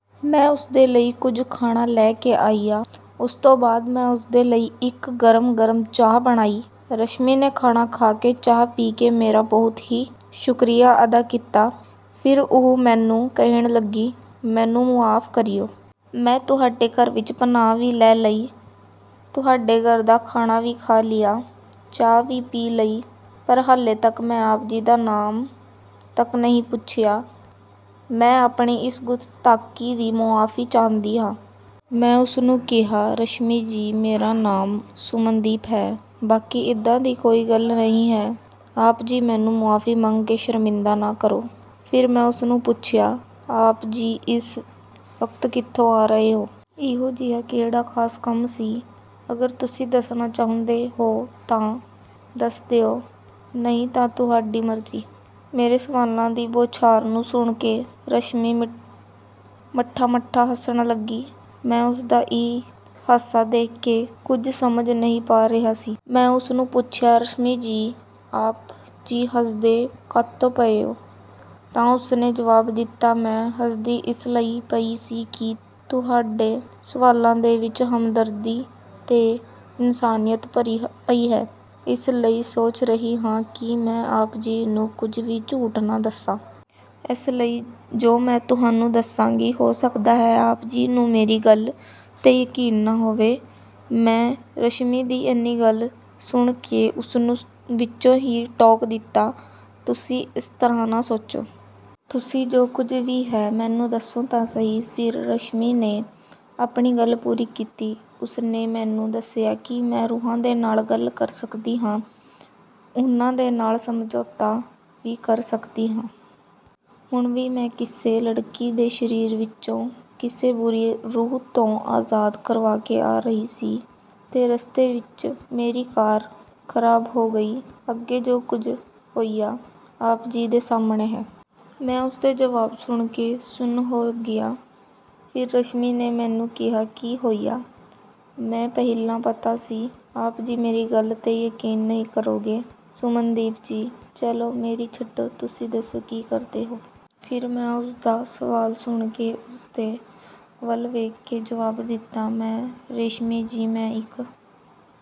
ਮੈਂ ਉਸਦੇ ਲਈ ਕੁਝ ਖਾਣਾ ਲੈ ਕੇ ਆਇਆ। ਉਸ ਤੋਂ ਬਾਅਦ ਮੈਂ ਉਸਦੇ ਲਈ ਇੱਕ ਗਰਮ-ਗਰਮ ਚਾਹ ਬਣਾਈ। ਰਸ਼ਮੀ ਨੇ ਖਾਣਾ ਖਾ ਕੇ, ਚਾਹ ਪੀ ਕੇ ਮੇਰਾ ਬਹੁਤ ਹੀ ਸ਼ੁਕਰੀਆ ਅਦਾ ਕੀਤਾ। ਫਿਰ ਉਹ ਮੈਨੂੰ ਕਹਿਣ ਲੱਗੀ, "ਮੈਨੂੰ ਮੁਆਫ਼ ਕਰਿਓ। ਮੈਂ ਤੁਹਾਡੇ ਘਰ ਵਿੱਚ ਪਨਾਹ ਵੀ ਲੈ ਲਈ, ਤੁਹਾਡੇ ਘਰ ਦਾ ਖਾਣਾ ਵੀ ਖਾ ਲਿਆ, ਚਾਹ ਵੀ ਪੀ ਲਈ, ਪਰ ਹਾਲੇ ਤੱਕ ਮੈਂ ਆਪ ਜੀ ਦਾ ਨਾਮ ਤੱਕ ਨਹੀਂ ਪੁੱਛਿਆ। ਮੈਂ ਆਪਣੀ ਇਸ ਗੁਸਤਾਖੀ ਦੀ ਮੁਆਫ਼ੀ ਚਾਹੁੰਦੀ ਹਾਂ।" ਮੈਂ ਉਸਨੂੰ ਕਿਹਾ, "ਰਸ਼ਮੀ ਜੀ, ਮੇਰਾ ਨਾਮ ਸੁਮਨਦੀਪ ਹੈ। ਬਾਕੀ ਇੱਦਾਂ ਦੀ ਕੋਈ ਗੱਲ ਨਹੀਂ ਹੈ। ਆਪ ਜੀ ਮੈਨੂੰ ਮੁਆਫ਼ੀ ਮੰਗ ਕੇ ਸ਼ਰਮਿੰਦਾ ਨਾ ਕਰੋ।" ਫਿਰ ਮੈਂ ਉਸਨੂੰ ਪੁੱਛਿਆ, "ਆਪ ਜੀ ਇਸ ਵਕਤ ਕਿੱਥੋਂ ਆ ਰਹੇ ਹੋ? ਇਹੋ ਜਿਹਾ ਕਿਹੜਾ ਖ਼ਾਸ ਕੰਮ ਸੀ? ਅਗਰ ਤੁਸੀਂ ਦੱਸਣਾ ਚਾਹੁੰਦੇ ਹੋ ਤਾਂ ਦੱਸ ਦਿਓ, ਨਹੀਂ ਤਾਂ ਤੁਹਾਡੀ ਮਰਜ਼ੀ।" ਮੇਰੇ ਸਵਾਲਾਂ ਦੀ ਬੌਛਾਰ ਨੂੰ ਸੁਣ ਕੇ ਰਸ਼ਮੀ ਮੱਠਾ-ਮੱਠਾ ਹੱਸਣ ਲੱਗੀ। ਮੈਂ ਉਸਦਾ ਇਹ ਹਾਸਾ ਦੇਖ ਕੇ ਕੁਝ ਸਮਝ ਨਹੀਂ ਪਾ ਰਿਹਾ ਸੀ। ਮੈਂ ਉਸਨੂੰ ਪੁੱਛਿਆ, "ਰਸ਼ਮੀ ਜੀ, ਆਪ ਜੀ ਹੱਸਦੇ ਕਾਹਤੋਂ ਪਏ ਹੋ?" ਤਾਂ ਉਸਨੇ ਜਵਾਬ ਦਿੱਤਾ, "ਮੈਂ ਹੱਸਦੀ ਇਸ ਲਈ ਪਈ ਸੀ ਕਿ ਤੁਹਾਡੇ ਸਵਾਲਾਂ ਦੇ ਵਿੱਚ ਹਮਦਰਦੀ ਤੇ ਇਨਸਾਨੀਅਤ ਭਰੀ ਪਈ ਹੈ। ਇਸ ਲਈ ਸੋਚ ਰਹੀ ਹਾਂ ਕਿ ਮੈਂ ਆਪ ਜੀ ਨੂੰ ਕੁਝ ਵੀ ਝੂਠ ਨਾ ਦੱਸਾਂ। ਇਸ ਲਈ ਜੋ ਮੈਂ ਤੁਹਾਨੂੰ ਦੱਸਾਂਗੀ, ਹੋ ਸਕਦਾ ਹੈ ਆਪ ਜੀ ਨੂੰ ਮੇਰੀ ਗੱਲ 'ਤੇ ਯਕੀਨ ਨਾ ਹੋਵੇ।" ਮੈਂ ਰਸ਼ਮੀ ਦੀ ਇੰਨੀ ਗੱਲ ਸੁਣ ਕੇ ਉਸਨੂੰ ਵਿੱਚੋਂ ਹੀ ਟੋਕ ਦਿੱਤਾ, "ਤੁਸੀਂ ਇਸ ਤਰ੍ਹਾਂ ਨਾ ਸੋਚੋ। ਤੁਸੀਂ ਜੋ ਕੁਝ ਵੀ ਹੈ, ਮੈਨੂੰ ਦੱਸੋ ਤਾਂ ਸਹੀ।" ਫਿਰ ਰਸ਼ਮੀ ਨੇ ਆਪਣੀ ਗੱਲ ਪੂਰੀ ਕੀਤੀ। ਉਸਨੇ ਮੈਨੂੰ ਦੱਸਿਆ, "ਕੀ ਮੈਂ ਰੂਹਾਂ ਦੇ ਨਾਲ ਗੱਲ ਕਰ ਸਕਦੀ ਹਾਂ। ਉਹਨਾਂ ਦੇ ਨਾਲ ਸਮਝੌਤਾ ਵੀ ਕਰ ਸਕਦੀ ਹਾਂ। ਹੁਣ ਵੀ ਮੈਂ ਕਿਸੇ ਲੜਕੀ ਦੇ ਸਰੀਰ ਵਿੱਚੋਂ ਕਿਸੇ ਬੁਰੀ ਰੂਹ ਤੋਂ ਆਜ਼ਾਦ ਕਰਵਾ ਕੇ ਆ ਰਹੀ ਸੀ ਤੇ ਰਸਤੇ ਵਿੱਚ ਮੇਰੀ ਕਾਰ ਖ਼ਰਾਬ ਹੋ ਗਈ। ਅੱਗੇ ਜੋ ਕੁਝ ਹੋਇਆ, ਆਪ ਜੀ ਦੇ ਸਾਹਮਣੇ ਹੈ।" ਮੈਂ ਉਸਦਾ ਜਵਾਬ ਸੁਣ ਕੇ ਸੁੰਨ ਜਿਹਾ ਹੋ ਗਿਆ। ਫਿਰ ਰਸ਼ਮੀ ਨੇ ਮੈਨੂੰ ਕਿਹਾ, "ਕੀ ਹੋਇਆ? ਮੈਨੂੰ ਪਹਿਲਾਂ ਪਤਾ ਸੀ ਆਪ ਜੀ ਮੇਰੀ ਗੱਲ 'ਤੇ ਯਕੀਨ ਨਹੀਂ ਕਰੋਗੇ, ਸੁਮਨਦੀਪ ਜੀ। ਚਲੋ, ਮੇਰੀ ਛੱਡੋ, ਤੁਸੀਂ ਦੱਸੋ ਕਿ ਕਰਦੇ ਹੋ?" ਫਿਰ ਮੈਂ ਉਸਦਾ ਸਵਾਲ ਸੁਣ ਕੇ ਉਸਦੇ ਵੱਲ ਵੇਖ ਕੇ ਜਵਾਬ ਦਿੱਤਾ, "ਮੈਂ… ਰੇਸ਼ਮੀ ਜੀ, ਮੈਂ ਇੱਕ--